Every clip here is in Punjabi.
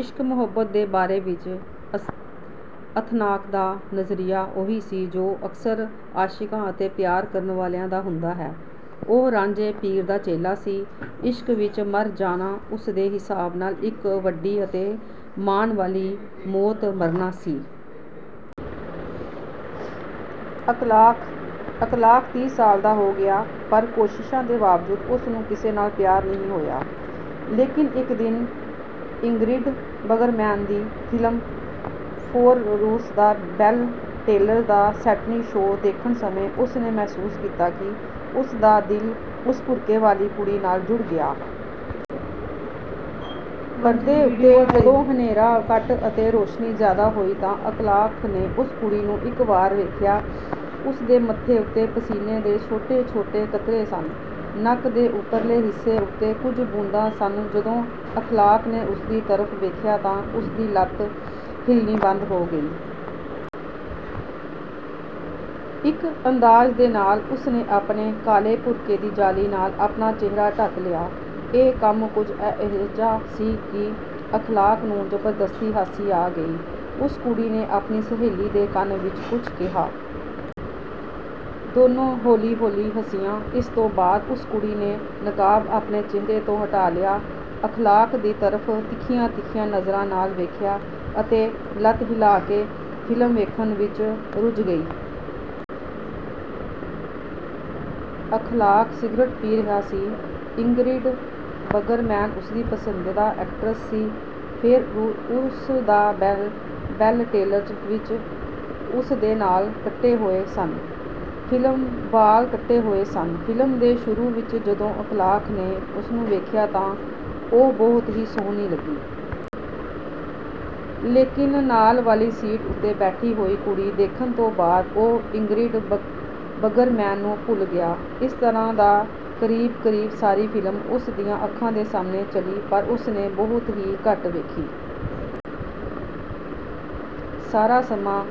ਇਸ਼ਕ ਮੁਹੱਬਤ ਦੇ ਬਾਰੇ ਵਿੱਚ ਅਖ਼ਲਾਕ ਦਾ ਨਜ਼ਰੀਆ ਉਹੀ ਸੀ ਜੋ ਅਕਸਰ ਆਸ਼ਿਕਾਂ ਅਤੇ ਪਿਆਰ ਕਰਨ ਵਾਲਿਆਂ ਦਾ ਹੁੰਦਾ ਹੈ। ਉਹ ਰਾਂਝੇ ਪੀਰ ਦਾ ਚੇਲਾ ਸੀ। ਇਸ਼ਕ ਵਿੱਚ ਮਰ ਜਾਣਾ ਉਸਦੇ ਹਿਸਾਬ ਨਾਲ ਇੱਕ ਵੱਡੀ ਅਤੇ ਮਾਣ ਵਾਲੀ ਮੌਤ ਮਰਨਾ ਸੀ। ਅਖ਼ਲਾਕ ਤੀਹ ਸਾਲ ਦਾ ਹੋ ਗਿਆ। ਪਰ ਕੋਸ਼ਿਸ਼ਾਂ ਦੇ ਬਾਵਜੂਦ ਉਸ ਨੂੰ ਕਿਸੇ ਨਾਲ ਪਿਆਰ ਨਹੀਂ ਹੋਇਆ ਲੇਕਿਨ ਇੱਕ ਦਿਨ ਇੰਗਰਿਡ ਬਰਗਮੈਨ ਦੀ film "for whom the bell tolls" ਦਾ ਮੈਟਨੀ ਸ਼ੋਅ ਦੇਖਣ ਸਮੇਂ ਉਸ ਨੇ ਮਹਿਸੂਸ ਕੀਤਾ ਕਿ ਉਸ ਦਾ ਦਿਲ ਉਸ ਬੁਰਕੇ ਵਾਲੀ ਕੁੜੀ ਨਾਲ ਜੁੜ ਗਿਆ ਹੈ ਜੋ ਉਸ ਦੇ ਨਾਲ ਵਾਲੀ ਸੀਟ ਉੱਤੇ ਬੈਠੀ ਸੀ ਅਤੇ ਸਾਰਾ ਸਮਾਂ ਆਪਣੀ ਲੱਤ ਹਿਲਾਂਦੀ ਰਹੀ ਸੀ। ਪਰਦੇ ਉੱਤੇ ਜਦੋਂ ਹਨੇਰਾ ਘੱਟ ਅਤੇ ਰੋਸ਼ਨੀ ਜ਼ਿਆਦਾ ਹੋਈ ਤਾਂ ਅਖ਼ਲਾਕ ਨੇ ਉਸ ਕੁੜੀ ਨੂੰ ਇੱਕ ਵਾਰ ਵੇਖਿਆ। ਉਸ ਦੇ ਮੱਥੇ ਉੱਤੇ ਪਸੀਨੇ ਦੇ ਛੋਟੇ ਛੋਟੇ ਕਤਰੇ ਸਨ। ਨੱਕ ਦੇ ਉੱਪਰਲੇ ਹਿੱਸੇ ਉੱਤੇ ਕੁਝ ਬੂੰਦਾਂ ਸਨ ਜਦੋਂ ਅਖ਼ਲਾਕ ਨੇ ਉਸਦੀ ਤਰਫ਼ ਵੇਖਿਆ ਤਾਂ ਉਸਦੀ ਲੱਤ ਹਿਲਣੀ ਬੰਦ ਹੋ ਗਈ। ਇੱਕ ਅੰਦਾਜ਼ ਦੇ ਨਾਲ ਉਸ ਨੇ ਆਪਣੇ ਕਾਲੇ ਬੁਰਕੇ ਦੀ ਜਾਲੀ ਨਾਲ ਆਪਣਾ ਚਿਹਰਾ ਢਕ ਲਿਆ। ਇਹ ਕੰਮ ਕੁੱਝ ਅਜਿਹਾ ਸੀ ਕਿ ਅਖ਼ਲਾਕ ਨੂੰ ਜ਼ਬਰਦਸਤੀ ਹਾਸੀ ਆ ਗਈ। ਉਸ ਕੁੜੀ ਨੇ ਆਪਣੀ ਸਹੇਲੀ ਦੇ ਕੰਨ ਵਿੱਚ ਕੁੱਝ ਕਿਹਾ। ਦੋਨੋਂ ਹੌਲੀ ਹੌਲੀ ਹੱਸੀਆਂ। ਇਸ ਤੋਂ ਬਾਅਦ ਉਸ ਕੁੜੀ ਨੇ ਨਕਾਬ ਆਪਣੇ ਚਿਹਰੇ ਤੋਂ ਹਟਾ ਲਿਆ। ਅਖ਼ਲਾਕ ਦੀ ਤਰਫ਼ ਤਿੱਖੀਆਂ ਤਿੱਖੀਆਂ ਨਜ਼ਰਾਂ ਨਾਲ ਵੇਖਿਆ ਅਤੇ ਲੱਤ ਹਿੱਲਾ ਕੇ ਫ਼ਿਲਮ ਦੇਖਣ ਵਿੱਚ ਰੁੱਝ ਗਈ। ਅਖ਼ਲਾਕ ਸਿਗਰਟ ਪੀ ਰਿਹਾ ਸੀ। ਇੰਗਰਿਡ ਬਰਗਮੈਨ ਉਸਦੀ ਪਸੰਦੀਦਾ ਐਕਟਰਸ ਸੀ। "For whom the bell tolls" ਵਿੱਚ ਉਸ ਦੇ ਵਾਲ਼ ਕੱਟੇ ਹੋਏ ਸਨ। ਫ਼ਿਲਮ ਦੇ ਸ਼ੁਰੂ ਵਿੱਚ ਜਦੋਂ ਅਖ਼ਲਾਕ ਨੇ ਉਸਨੂੰ ਵੇਖਿਆ ਤਾਂ ਉਹ ਬਹੁਤ ਹੀ ਸੋਹਣੀ ਲੱਗੀ। ਲੇਕਿਨ ਨਾਲ ਵਾਲੀ ਸੀਟ ਉੱਤੇ ਬੈਠੀ ਹੋਈ ਕੁੜੀ ਦੇਖਣ ਤੋਂ ਬਾਅਦ ਉਹ ਇੰਗਰਿਡ ਬਰਗਮੈਨ ਨੂੰ ਭੁੱਲ ਗਿਆ। ਇਸ ਤਰ੍ਹਾਂ ਤਾਂ ਕਰੀਬ ਕਰੀਬ ਸਾਰੀ ਫ਼ਿਲਮ ਉਸ ਦੀਆਂ ਅੱਖਾਂ ਦੇ ਸਾਹਮਣੇ ਚਲੀ ਪਰ ਉਸ ਨੇ ਬਹੁਤ ਹੀ ਘੱਟ ਵੇਖੀ। ਸਾਰਾ ਸਮਾਂ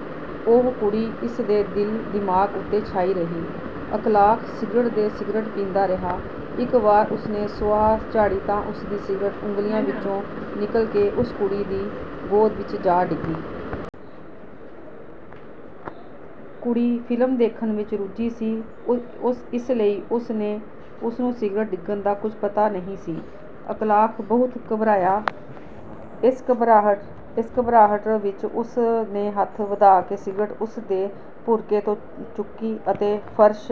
ਉਹ ਕੁੜੀ ਇਸ ਦੇ ਦਿਲ ਦਿਮਾਗ਼ ਉੱਤੇ ਛਾਈ ਰਹੀ। ਅਖ਼ਲਾਕ ਸਿਗਰਟ ਤੇ ਸਿਗਰਟ ਪੀਂਦਾ ਰਿਹਾ। ਇੱਕ ਵਾਰ ਉਸ ਨੇ ਸੁਆਹ ਝਾੜੀ ਤਾਂ ਉਸਦੀ ਸਿਗਰਟ ਉਂਗਲੀਆਂ ਵਿੱਚੋਂ ਨਿਕਲ ਕੇ ਉਸ ਕੁੜੀ ਦੀ ਗੋਦ ਵਿੱਚ ਜਾ ਡਿੱਗੀ। ਕੁੜੀ ਫ਼ਿਲਮ ਦੇਖਣ ਵਿੱਚ ਰੁੱਝੀ ਸੀ ਇਸ ਲਈ ਉਸ ਨੂੰ ਸਿਗਰਟ ਡਿੱਗਣ ਦਾ ਕੁੱਝ ਪਤਾ ਨਹੀਂ ਸੀ। ਅਖ਼ਲਾਕ ਬਹੁਤ ਘਬਰਾਇਆ। ਇਸ ਘਬਰਾਹਟ ਵਿੱਚ ਉਸ ਨੇ ਹੱਥ ਵਧਾ ਕੇ ਸਿਗਰਟ ਉਸ ਦੇ ਬੁਰਕੇ ਤੋਂ ਚੁੱਕੀ ਅਤੇ ਫ਼ਰਸ਼